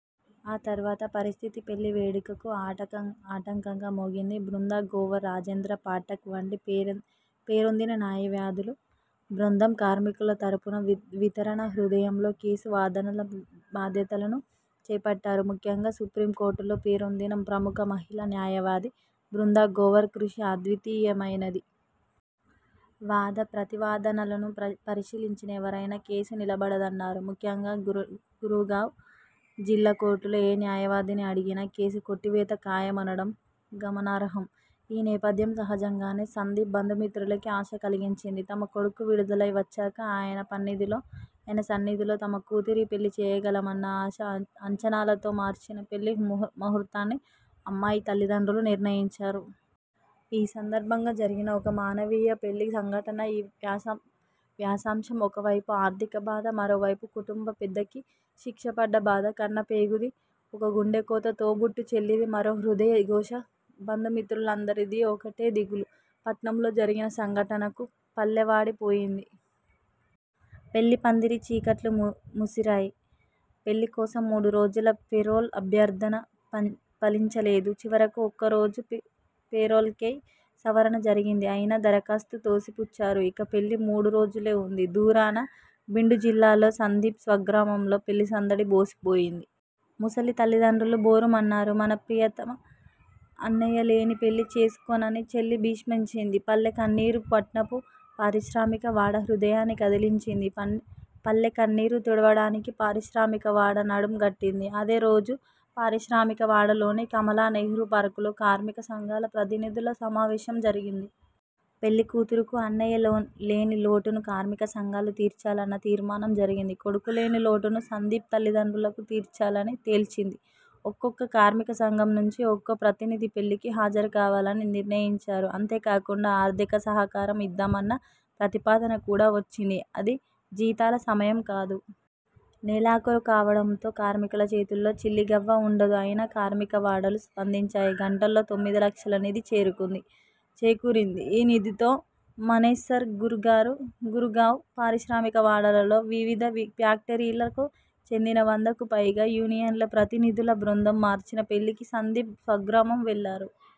ఆ తర్వాత పరిస్థితి పెళ్ళి వేడుకకు ఆటంకంగా మోగింది. బృందా గ్రోవర్, రాజేంద్ర పాఠక్ వంటి పేరొందిన న్యాయవ్యాధులు బృందం, కార్మికుల తరపున వితరణ హృదయంతో కేసు వాదనల బాధ్యతలను చేపట్టారు. ముఖ్యంగా సుప్రీం కోర్టులో పేరొందిన ప్రముఖ మహిళా న్యాయవాది బృందా గ్రోవర్ కృషి అద్వితీయమైనది. వాద ప్రతివాదనలను పరిశీలించిన ఎవరైనా కేసు నిలబడదన్నారు. ముఖ్యంగా గురుగావ్ జిల్లా కోర్టులో ఏ న్యాయవాదిని అడిగినా కేసు కొట్టివేత ఖాయమనడం గమనార్హం. ఈ నేపథ్యం, సహజంగానే సందీప్ బంధుమిత్రులకీ ఆశ కలిగించింది. తమ కొడుకు విడుదలై వచ్చాక ఆయన సన్నిధిలో తమ కూతురి పెళ్ళి చేయగలమన్న ఆశ, అంచనాలతో మార్చి న పెళ్ళి ముహుర్తాన్ని అమ్మాయి తల్లిదండ్రులు నిర్ణయించారు. ఈ సందర్భంగా జరిగిన ఒక మానవీయ పెళ్ళి సంఘటన ఈ వ్యాసాంశం. ఒకవైపు ఆర్థిక బాధ. మరోవైపు కుటుంబ పెద్దకి శిక్షపడ్డ బాధ. కన్న పేగుది ఒక గుండెకోత. తోబుట్టు చెల్లిది మరో హృదయ ఘోష. బంధుమిత్రులందరిదీ ఒకటే దిగులు. పట్నంలో జరిగిన సంఘటనకు పల్లె వాడి పోయింది. పెళ్ళి పందిరి చీకట్లు ముసిరాయి. పెళ్ళి కోసం మూడు రోజుల పెరోల్ అభ్యర్థన ఫలించలేదు. చివరకు ఒక్కరోజు పేరోల్కై సవరణ జరిగింది. అయినా దరఖాస్తు తోసిపుచ్చారు. ఇక పెళ్ళి మూడు రోజులే వుంది. దూరాన బిండ్ జిల్లాలోని సందీప్ స్వగ్రామంలో పెళ్ళి సందడి బోసి బోయింది. ముసలి తల్లిదండ్రులు బోరుమన్నారు. మన ప్రియతమ అన్నయ్యలేని పెళ్ళి చేసుకోనని చెల్లి భీష్మించింది. పల్లె కన్నీరు, పట్నపు పారిశ్రామిక వాడ హృదయాన్ని కదిలించింది. పల్లె కన్నీరు తుడవడానికి పారిశ్రామికవాడ నడుం గట్టింది. అదే రోజు పారిశ్రామిక వాడలోని కమలా నెహ్రూ పార్కులో కార్మిక సంఘాల ప్రతినిధుల సమావేశం జరిగింది. పెళ్ళి కూతురుకు అన్నయ్యలేని లోటును కార్మిక సంఘాలు తీర్చాలన్న తీర్మానం జరిగింది. కొడుకులేని లోటును సందీప్ తల్లిదండ్రులకు తీర్చాలని తేల్చింది. ఒక్కొక్క కార్మిక సంఘం నుంచి ఒక్కో ప్రతినిధి పెళ్ళికి హాజరు కావాలని నిర్ణయించారు. అంతేకాకుండా ఆర్థిక సహకారం ఇద్దామన్న ప్రతిపాదన కూడా వచ్చింది. అది జీతాల సమయం కాదు. నెలాఖరు కావడంతో కార్మికుల చేతుల్లో చిల్లిగవ్వ వుండదు. అయినా కార్మికవాడలు స్పందించాయి. గంటల్లో తొమ్మిది లక్షల నిధి చేకూరింది. ఈ నిధితో మానేసర్ గురుగావ్ పారిశ్రామిక వాడలలోని వివిధ ఫ్యాక్టరీలకు చెందిన వందకు పైగా యూనియన్ల ప్రతినిధుల బృందం మార్చి న పెళ్ళికి సందీప్ స్వగ్రామం వెళ్ళారు.